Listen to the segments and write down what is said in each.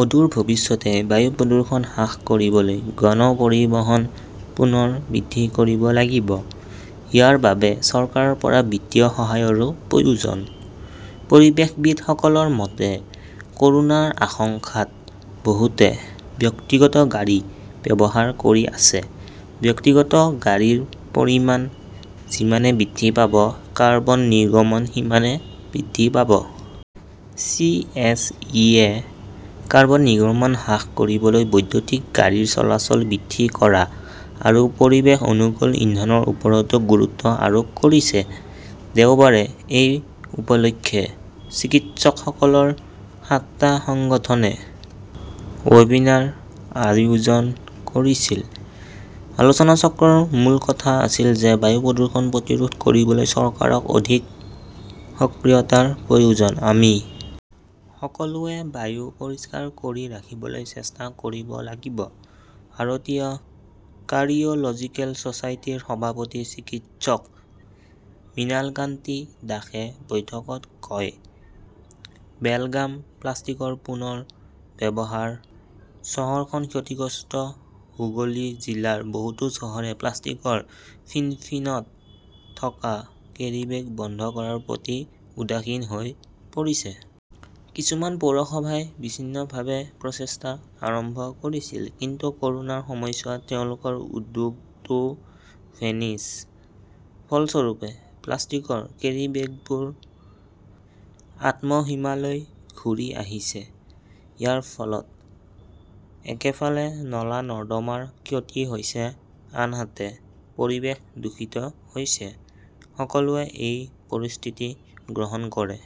অদূৰ ভৱিষ্যতে বায়ু প্ৰদূষণ হ্ৰাস কৰিবলৈ গণ পৰিবহণ পুনৰ বৃদ্ধি কৰিব লাগিব। ইয়াৰ বাবে চৰকাৰৰ পৰা বিত্তীয় সহায়ৰো প্ৰয়োজন। পৰিৱেশবিদসকলৰ মতে, কৰোনাৰ আশংকাত বহুতে ব্যক্তিগত গাড়ী ব্যৱহাৰ কৰি আছে। ব্যক্তিগত গাড়ীৰ পৰিমাণ যিমানে বৃদ্ধি পাব, কাৰ্বন নিৰ্গমন সিমানে বৃদ্ধি পাব। চি. এছ. ই. -য়ে কাৰ্বন নিৰ্গমন হ্ৰাস কৰিবলৈ বৈদ্যুতিক গাড়ীৰ চলাচল বৃদ্ধি কৰা আৰু পৰিৱেশ অনুকূল ইন্ধনৰ ওপৰতো গুৰুত্ব আৰোপ কৰিছে। দেওবাৰে এই উপলক্ষে চিকিৎসকসকলৰ সাতটা সংগঠনে ৱেবিনাৰ আয়োজন কৰিছিল। আলোচনাচক্ৰৰ মূল কথা আছিল যে বায়ু প্ৰদূষণ প্ৰতিৰোধ কৰিবলৈ চৰকাৰক অধিক সক্ৰিয়তাৰ প্ৰয়োজন। আমি সকলোৱে বায়ু পৰিষ্কাৰ কৰি ৰাখিবলৈ চেষ্টা কৰিব লাগিব, ভাৰতীয় কাৰ্ডিয় লজিকেল ছচাইটিৰ সভাপতি চিকিৎসক মৃণালকান্তি দাসে বৈঠকত কয়, বেলগাম প্লাষ্টিকৰ পুনৰ ব্যৱহাৰ, চহৰখন ক্ষতিগ্ৰস্ত হুগলী জিলাৰ বহুতো চহৰে প্লাষ্টিকৰ ফিনফিনত থকা কেৰীবেগ বন্ধ কৰাৰ প্ৰতি উদাসীন হৈ পৰিছে। কিছুমান পৌৰসভাই বিচ্ছিন্নভাৱে প্ৰচেষ্টা আৰম্ভ কৰিছিল। কিন্তু কৰোনাৰ সময়ছোৱাত তেওঁলোকৰ উদ্যোগটোও 'ভেনিছ। ফলস্বৰূপে, প্লাষ্টিকৰ কেৰীবেগবোৰ আত্মহিমালৈ ঘূৰি আহিছে। ইয়াৰ ফলত একেফালে নলা-নৰ্দমাৰ ক্ষতি হৈছে, আনহাতে পৰিৱেশ দূষিত হৈছে। সকলোৱে এই পৰিস্থিতি গ্ৰহণ কৰে।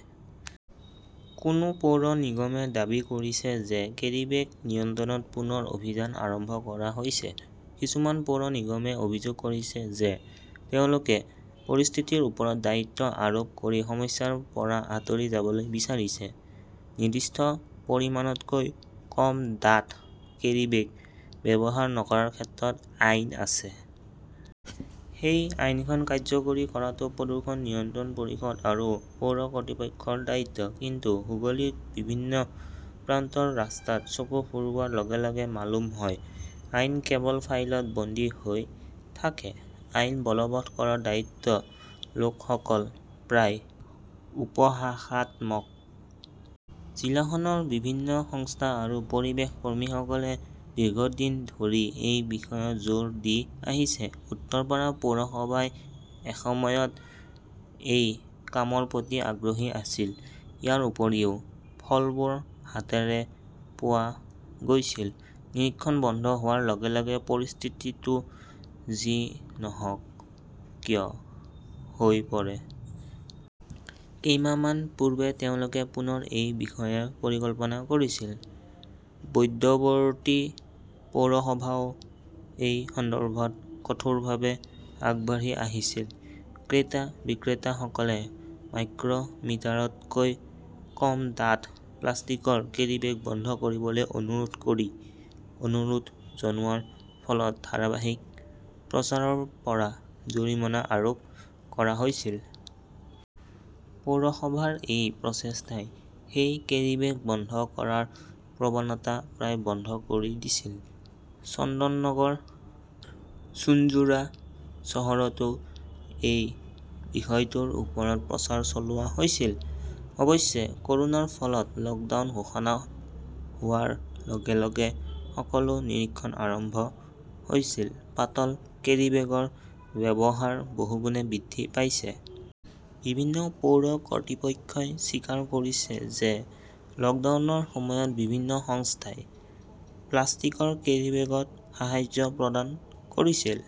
কোনো পৌৰ নিগমে দাবী কৰিছে যে কেৰীবেগ নিয়ন্ত্ৰণত পুনৰ অভিযান আৰম্ভ কৰা হৈছে। কিছুমান পৌৰ নিগমে অভিযোগ কৰিছে যে তেওঁলোকে পৰিস্থিতিৰ ওপৰত দায়িত্ব আৰোপ কৰি সমস্যাৰ পৰা আঁতৰি যাবলৈ বিচাৰিছে। নিৰ্দিষ্ট পৰিমাণতকৈ কম ডাঠ কেৰীবেগ ব্যৱহাৰ নকৰাৰ ক্ষেত্ৰত আইন আছে। সেই আইনখন কাৰ্যকৰী কৰাটো প্ৰদূষণ নিয়ন্ত্ৰণ পৰিষদ আৰু পৌৰ কৰ্তৃপক্ষৰ দায়িত্ব। কিন্তু হুগলীৰ বিভিন্ন প্ৰান্তৰ ৰাস্তাত চকু ফুৰোৱাৰ লগে-লগে মালুম হয়, আইন কেৱল ফাইলত বন্দী হৈ থাকে। আইন বলৱৎ কৰাৰ দায়িত্ব লোৱাসকল প্ৰায় উপহাসাত্মক। জিলাখনৰ বিভিন্ন সংস্থা আৰু পৰিৱেশ কৰ্মীসকলে দীৰ্ঘদিন ধৰি এই বিষয়ত জোৰ দি আহিছে। উত্তৰপাৰা পৌৰসভাই এসময়ত এই কামৰ প্ৰতি আগ্ৰহী আছিল। ইয়াৰ উপৰিও ফলবোৰ হাতেৰে পোৱা গৈছিল। নিৰীক্ষণ বন্ধ হোৱাৰ লগে -লগে পৰিস্থিতিটো যি নহওক কিয় হৈ পৰে। কেইমাহমান পূৰ্বে তেওঁলোকে পুনৰ এই বিষয়ে পৰিকল্পনা কৰিছিল। বৈদ্যবতী পৌৰসভাও এই সন্দৰ্ভত কঠোৰভাৱে আগবাঢ়ি আহিছিল। ক্ৰেতা-বিক্ৰেতাসকলে মাইক্ৰ মিটাৰতকৈ কম ডাঠ প্লাষ্টিকৰ কেৰীবেগ বন্ধ কৰিবলৈ অনুৰোধ কৰি অনুৰোধ জনোৱাৰ ফলত ধাৰাবাহিক প্ৰচাৰৰ পৰা জৰিমনা আৰোপ কৰা হৈছিল। পৌৰসভাৰ এই প্ৰচেষ্টাই সেই কেৰীবেগ বন্ধ কৰাৰ প্ৰৱণতা প্ৰায় বন্ধ কৰি দিছিল। চন্দননগৰ, চুঞ্চুৰা চহৰতো এই বিষয়টোৰ ওপৰত প্ৰচাৰ চলোৱা হৈছিল। অৱশ্যে, কৰোনাৰ ফলত লকডাউন ঘোষণা হোৱাৰ লগে-লগে সকলো নিৰীক্ষণ আৰম্ভ হৈছিল। পাতল কেৰীবেগৰ ব্যৱহাৰ বহুগুণে বৃদ্ধি পাইছে। বিভিন্ন পৌৰ কৰ্তৃপক্ষই স্বীকাৰ কৰিছে যে লকডাউনৰ সময়ত বিভিন্ন সংস্থাই প্লাষ্টিকৰ কেৰীবেগত সাহায্য প্ৰদান কৰিছিল।